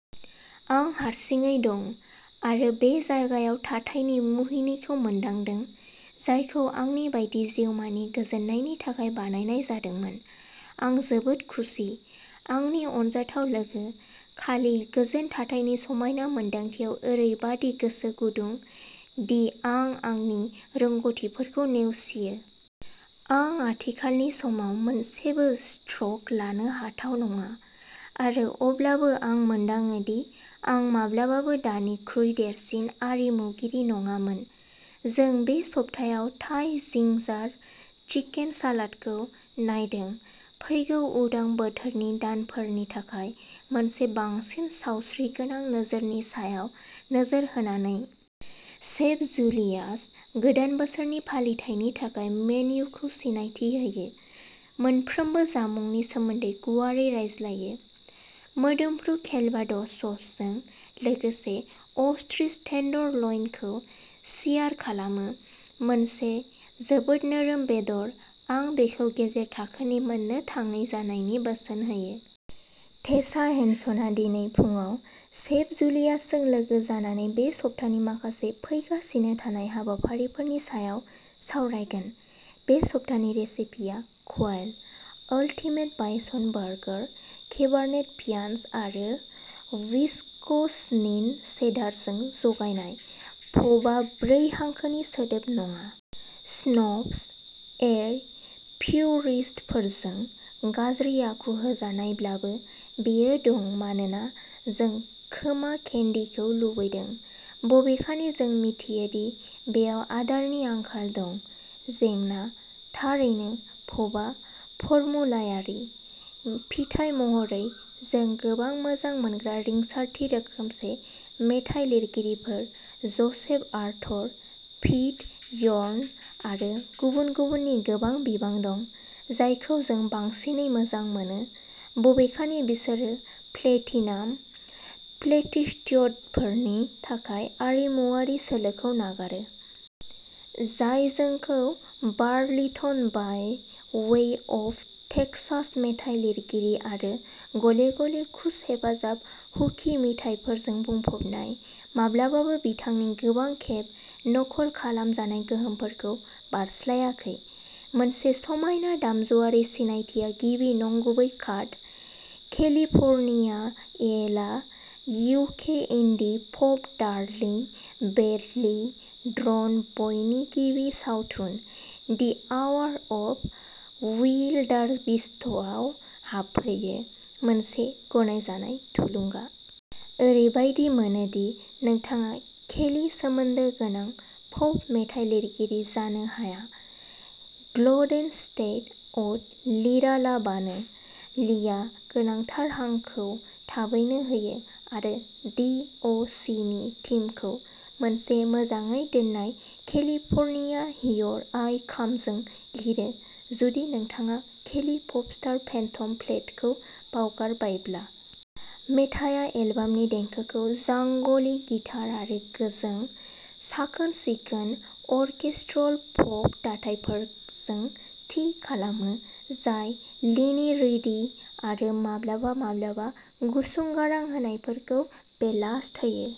आं हारसिङै दं, आरो बे जायगायाव थाथायनि मुहिनिखौ मोनदांदों, जायखौ आंनि बायदि जिउमानि गोजोननायनि थाखाय बानायनाय जादोंमोन। आं जोबोद खुसि, आंनि अनजाथाव लोगो, खालि गोजोन थाथायनि समायना मोनदांथियाव ओरैबादि गोसो गुदुं, दि आं आंनि रोंग'थिफोरखौ नेवसियो। आं आथिखालनि समाव मोनसेबो स्ट्र'क लानो हाथाव नङा; आरो अब्लाबो आं मोनदाङो दि आं माब्लाबाबो दानिख्रुइ देरसिन आरिमुगिरि नङामोन। जों बे सप्तायाव थाइ जिंजार चिकेन सालादखौ नायदों, फैगौ उदां बोथोरनि दानफोरनि थाखाय मोनसे बांसिन सावस्रिगोनां नोजोरनि सायाव नोजोर होनानै। Chef Julius. गोदान बोसोरनि फालिथायनि थाखाय मेनुखौ सिनायथि होयो, मोनफ्रोमबो जामुंनि सोमोन्दै गुवारै रायज्लायो। मोदोमफ्रु केलभाडोस ससजों लोगोसे अस्ट्रिच टेन्डरलइनखौ सियार खालामो। मोनसे जोबोद नोरोम बेदर, आं बेखौ गेजेर थाखोनि मोननो थाङै जानायनि बोसोन होयो। टेसा हेनसनआ दिनै फुंआव शेफ जुलियासजों लोगो जानानै बे सप्तानि माखासे फैगासिनो थानाय हाबाफारिफोरनि सायाव सावरायगोन। बे सप्तानि रेसिपिया quail. Ultimate bison burger! Cabernet पियान्स आरो विस्कन्सिन चेडारजों जगायनाय। पपआ ब्रै हांखोनि सोदोब नङा। स्नब्स, एर, प्युरिस्टफोरजों गाज्रि आखु होजानायब्लाबो, बेयो दं मानोना जों खोमा केन्डीखौ लुबैदों, बबेखानि जों मिथियो दि बेयाव आदारनि आंखाल दं। जेंना, थारैनो, पपआ फर्मुलायारि। फिथाय महरै जों गोबां मोजां मोनग्रा रिंसारथि रोखोमसे मेथाइ लिरगिरिफोर ज'सेफ आर्थर, पीट यर्न, आरो गुबुन गुबुननि गोबां बिबां दं, जायखौ जों बांसिनै मोजां मोनो, बबेखानि बिसोरो प्लेटिनम प्लेटिट्युडफोरनि थाखाय आरिमुआरि सोलोखौ नागारो। जाय जोंखौ Burlington by way of Texas मेथाइ लिरगिरि आरो गले गले कुश हेफाजाब हुकि मिथाइफोरजों बुंफबनाय, माब्लाबाबो बिथांनि गोबां खेब नखल खालामजानाय गोहोमफोरखौ बारस्लायाखै। मोनसे समायना दामजुआरि सिनायथिआ गिबि नंगुबै काट, केलिफर्निया ए ला इउके indie pop darling badly drawn बयनि गिबि सावथुन, दि आवार अफ बिउइल्डारबिस्टआव हाबहैयो, मोनसे गनायजानाय थुलुंगा। ओरैबायदि मोनो दि नोंथाङा केलि सोमोन्दो गोनां पप मेथाइ लिरगिरि जानो हाया गल्डेन स्टेट अ'ड लिरालाबानो। लिआ गोनांथार हांखौ थाबैनो होयो आरो दि अ सिनि थीमखौ मोनसे मोजाङै दोननाय केलिफर्निया, हियर आइ कामजों लिरो जुदि नोंथाङा केलि प'पस्टार फेन्टम प्लेनेटखौ बावगारबायब्ला। मेथाइया एलबामनि देंखोखौ जांगलि गिटार आरो गोजों, साखोन सिखोन अर्केस्ट्रल पप दाथायफोरजों थि खालामो जाय लीनि रिडी आरो माब्लाबा माब्लाबा गुसुं गारां होनायफोरखौ बेलास्ट होयो।